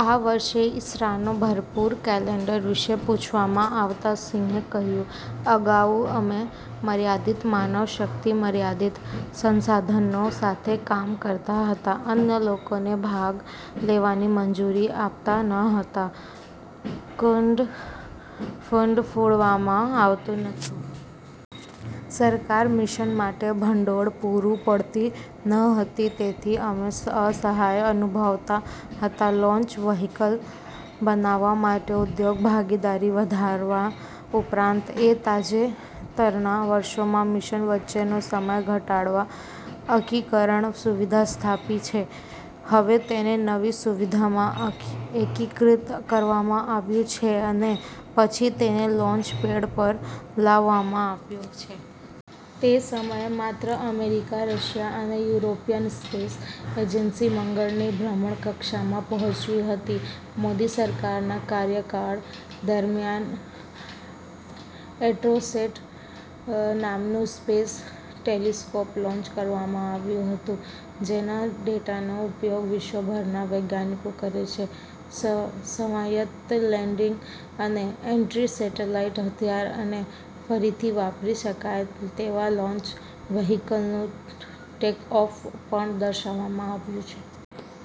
આ વર્ષે ઈસરોના ભરપૂર કેલેન્ડર વિશે પૂછવામાં આવતા સિંહે કહ્યું, "અગાઉ અમે મર્યાદિત માનવશક્તિ, મર્યાદિત સંસાધનો સાથે કામ કરતા હતા. અન્ય લોકોને ભાગ લેવાની મંજૂરી આપતા ન હતા. ફંડ ફાળવવામાં આવતું ન હતું. સરકાર મિશન માટે ભંડોળ પૂરું પાડતી ન હતી. તેથી અમે અસહાય અનુભવતા હતા. લોન્ચ વ્હીકલ બનાવવા માટે ઉદ્યોગ ભાગીદારી વધારવા ઉપરાંત, એ તાજેતરના વર્ષોમાં મિશન વચ્ચેનો સમય ઘટાડવા એકીકરણ સુવિધા સ્થાપી છે. હવે, તેને નવી સુવિધામાં એકીકૃત કરવામાં આવ્યું છે અને પછી તેને લોન્ચ પેડ પર લાવવામાં આવ્યું છે. તે સમયે માત્ર અમેરિકા, રશિયા અને યુરોપિયન સ્પેસ એજન્સી મંગળની ભ્રમણકક્ષામાં પહોંચી હતી. મોદી સરકારના કાર્યકાળ દરમિયાન એસ્ટ્રોસેટ નામનું સ્પેસ ટેલિસ્કોપ લોન્ચ કરવામાં આવ્યું હતું, જેના ડેટાનો ઉપયોગ વિશ્વભરના વૈજ્ઞાનિકો કરે છે. સ્વાયત્ત લેન્ડિંગ અને એન્ટી-સેટેલાઇટ હથિયાર અને ફરીથી વાપરી શકાય તેવા લોન્ચ વ્હીકલનું ટેકઓફ પણ દર્શાવવામાં આવ્યું છે.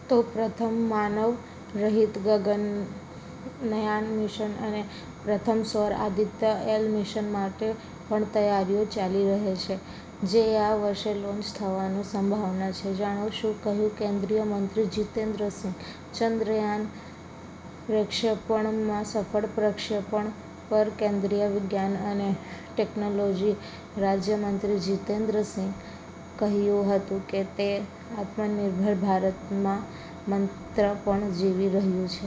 તો, પ્રથમ માનવરહિત ગગનયાન મિશન અને પ્રથમ સૌર આદિત્ય એલ મિશન માટે પણ તૈયારીઓ ચાલી રહી છે, જે આ વર્ષે લોન્ચ થવાની સંભાવના છે. જાણો શું કહ્યું કેન્દ્રીય મંત્રી જીતેન્દ્ર સિંહ? ચંદ્રયાન પ્રક્ષેપણના સફળ પ્રક્ષેપણ પર કેન્દ્રીય વિજ્ઞાન અને ટેકનોલોજી રાજ્ય મંત્રી જિતેન્દ્ર સિંહે કહ્યું હતું કે, તે આત્મનિર્ભર ભારતના મંત્ર પર જીવી રહ્યું છે.